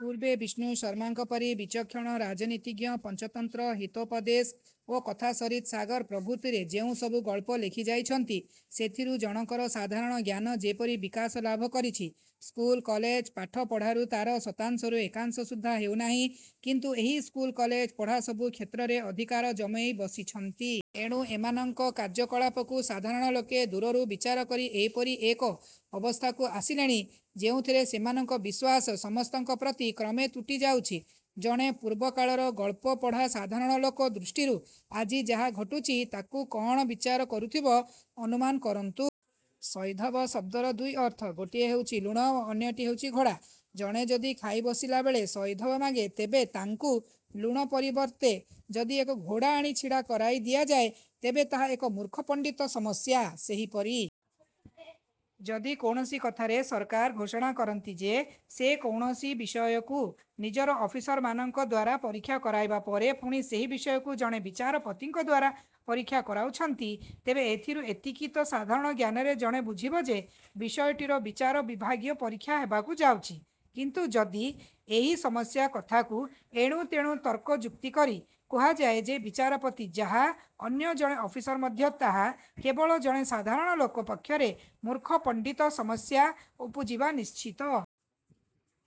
ପୂର୍ବେ ବିଷ୍ଣୁ ଶର୍ମାଙ୍କ ପରି ବିଚକ୍ଷଣ ରାଜନୀତିଜ୍ଞ, ପଞ୍ଚତନ୍ତ୍ର ହିତୋପଦେଶ ଓ କଥା ସରିତ୍ ସାଗର ପ୍ରଭୃତିରେ ଯେଉଁ ସବୁ ଗଳ୍ପ ଲେଖି ଯାଇଛନ୍ତି, ସେଥିରୁ ଜଣକର ସାଧାରଣ ଜ୍ଞାନ ଯେପରି ବିକାଶ। ଲାଭକରିଛି, ସ୍କୁଲ କଲେଜ ପାଠପଢ଼ାରୁ ତା'ର ଶତାଂଶରୁ ଏକାଂଶ ସୁଦ୍ଧା ହେଉନାହିଁ; କିନ୍ତୁ ଏହି ସ୍କୁଲ କଲେଜ ପଢ଼ା ସବୁ କ୍ଷେତ୍ରରେ ଅଧିକାର ଜମେଇ ବସିଛନ୍ତି। ଏଣୁ ଏମାନଙ୍କ କାର୍ଯ୍ୟକଳାପକୁ ସାଧାରଣ ଲୋକେ ଦୂରରୁ ବିଚାର କରି ଏପରି ଏକ ଅବସ୍ଥାକୁ ଆସିଲେଣି; ଯେଉଁଥିରେ ସେମାନଙ୍କ ବିଶ୍ୱାସ ସମସ୍ତଙ୍କ ପ୍ରତି କ୍ରମେ ତୁଟିଯାଉଛି। ଜଣେ ପୂର୍ବକାଳର ଗଳ୍ପ ପଢ଼ା ସାଧାରଣ ଲୋକ ଦୃଷ୍ଟିରୁ ଆଜି ଯାହା ଘଟୁଛି ତାକୁ କଣ ବିଚାର କରୁଥିବ ଅନୁମାନ କରନ୍ତୁ। ସୈନ୍ଧବ ଶବ୍ଦର ଦୁଇ ଅର୍ଥ, ଗୋଟିଏ ହେଉଛି ଲୁଣ ଓ ଅନ୍ୟଟି ହେଉଛି ଘୋଡ଼ା। ଜଣେ ଯଦି ଖାଇବସିଲାବେଳେ ସୈନ୍ଧବ ମାଗେ, ତେବେ ତାଙ୍କୁ ଲୁଣ ପରିବର୍ତ୍ତେ ଯଦି ଏକ ଘୋଡ଼ା ଆଣି ଛିଡ଼ା କରାଇ ଦିଆଯାଏ ତେବେ ତାହା ଏକ ମୂର୍ଖପଣ୍ଡିତ ସମସ୍ୟା। ସେହିପରି ଯଦି କୌଣସି କଥାରେ ସରକାର ଘୋଷଣା କରନ୍ତି ଯେ ସେ କୌଣସି ବିଷୟକୁ ନିଜର ଅଫିସରମାନଙ୍କ ଦ୍ୱାରା ପରୀକ୍ଷା କରାଇବା ପରେ ପୁଣି ସେହି ବିଷୟକୁ ଜଣେ ବିଚାରପତିଙ୍କଦ୍ୱାରା ପରୀକ୍ଷା କରାଉଛନ୍ତି, ତେବେ ଏଥିରୁ ଏତିକି ତ ସାଧାରଣ ଜ୍ଞାନରେ ଜଣେ ବୁଝିବ ଯେ ବିଷୟଟିର ବିଚାର ବିଭାଗୀୟ ପରୀକ୍ଷା ହେବାକୁ ଯାଉଛି; କିନ୍ତୁ ଯଦି ଏହି ସମସ୍ୟା କଥାକୁ ଏଣୁ ତେଣୁ ତର୍କ ଯୁକ୍ତିକରି କୁହାଯାଏ ଯେ ବିଚାରପତି ଯାହା, ଅନ୍ୟ ଜଣେ ଅଫିସର ମଧ୍ୟ ତାହା, କେବଳ ଜଣେ ସାଧାରଣ ଲୋକ ପକ୍ଷରେ ମୂର୍ଖ ପଣ୍ଡିତ ସମସ୍ୟା ଉପୁଜିବା ନିଶ୍ଚିତ।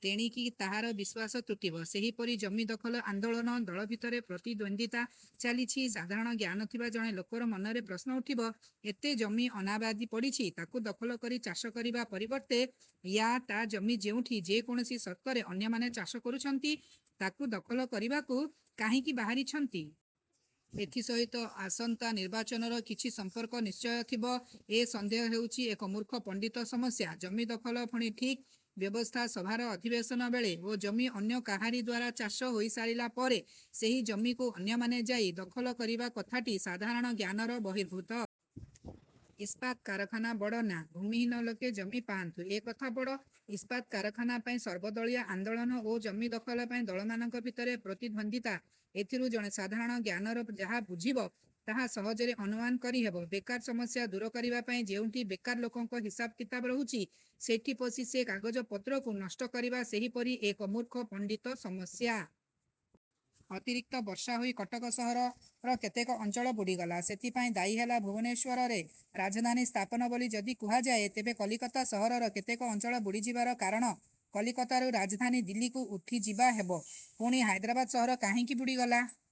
ତେଣିକି ତାହାର ବିଶ୍ୱାସ ତୁଟିବ। ସେହିପରି ଜମି ଦଖଲ ଆନ୍ଦୋଳନ। ଦଳ ଭିତରେ ପ୍ରତିଦ୍ୱନ୍ଦ୍ୱିତା ଚାଲିଛି। ସାଧାରଣ ଜ୍ଞାନ ଥିବା ଜଣେ ଲୋକର ମନରେ ପ୍ରଶ୍ନ ଉଠିବ, ଏତେ ଜମି ଅନାବାଦି ପଡ଼ିଛି, ତାକୁ ଦଖଲ କରି ଚାଷ କରିବା ପରିବର୍ତ୍ତେ ୟା ତା' ଜମି ଯେଉଁଠି ଯେ କୌଣସି ସର୍ତ୍ତରେ ଅନ୍ୟମାନେ ଚାଷ କରୁଛନ୍ତି, ତାକୁ ଦଖଲ କରିବାକୁ କାହିଁକି ବାହାରିଛନ୍ତି? ଏଥି ସହିତ ଆସନ୍ତା ନିର୍ବାଚନର କିଛି ସମ୍ପର୍କ ନିଶ୍ଚୟ ଥିବ। ଏ ସନ୍ଦେହ ହେଉଛି ଏକ ମୂର୍ଖ ପଣ୍ଡିତ ସମସ୍ୟା। ଜମି ଦଖଲ ପୁଣି ଠିକ୍ ବ୍ୟବସ୍ଥାସଭାର ଅଧିବେଶନ ବେଳେ ଓ ଜମି ଅନ୍ୟ କାହାରି ଦ୍ୱାରା ଚାଷ ହୋଇସାରିଲା ପରେ ସେହି ଜମିକୁ ଅନ୍ୟମାନେ ଯାଇ ଦଖଲ କରିବା କଥାଟି ସାଧାରଣ ଜ୍ଞାନର ବହିର୍ଭୂତ। ଇସ୍ପାତ କାରଖାନା ବଡ଼ ନାଁ ଭୂମିହୀନ ଲୋକେ ଜମି ପାଆନ୍ତୁ ଏକଥା ବଡ଼? ଇସ୍ପାତ କାରଖାନା ପାଇଁ ସର୍ବଦଳୀୟ ଆନ୍ଦୋଳନ ଓ ଜମି ଦଖଲ ପାଇଁ ଦଳମାନଙ୍କ ଭିତରେ ପ୍ରତିଦ୍ୱନ୍ଦ୍ୱିତା ଏଥିରୁ ଜଣେ ସାଧାରଣ ଜ୍ଞାନର ଯାହା ବୁଝିବ ତାହା ସହଜରେ ଅନୁମାନ କରିହେବ। ବେକାର ସମସ୍ୟା ଦୂର କରିବା ପାଇଁ ଯେଉଁଠି ବେକାର ଲୋକଙ୍କ ହିସାବ କିତାବ ରହୁଛି, ସେଠି ପଶି ସେ କାଗଜ ପତ୍ରକୁ ନଷ୍ଟ କରିବା ସେହିପରି ଏକ ମୂର୍ଖ ପଣ୍ଡିତ ସମସ୍ୟା। ଅତିରିକ୍ତ ବର୍ଷାହୋଇ କଟକ ସହରର କେତେକ ଅଞ୍ଚଳ ବୁଡ଼ିଗଲା। ସେଥିପାଇଁ ଦାୟୀ ହେଲା ଭୁବନେଶ୍ୱରରେ ରାଜଧାନୀ ସ୍ଥାପନ ବୋଲି ଯଦି କୁହାଯାଏ, ତେବେ କଲିକତା ସହରର କେତେକ ଅଞ୍ଚଳ ବୁଡ଼ିଯିବାର କାରଣ କଲିକତାରୁ ରାଜଧାନୀ ଦିଲ୍ଲୀକୁ ଉଠିଯିବା ହେବ। ପୁଣି ହାଇଦରାବାଦ ସହର କାହିଁକି ବୁଡ଼ିଗଲା?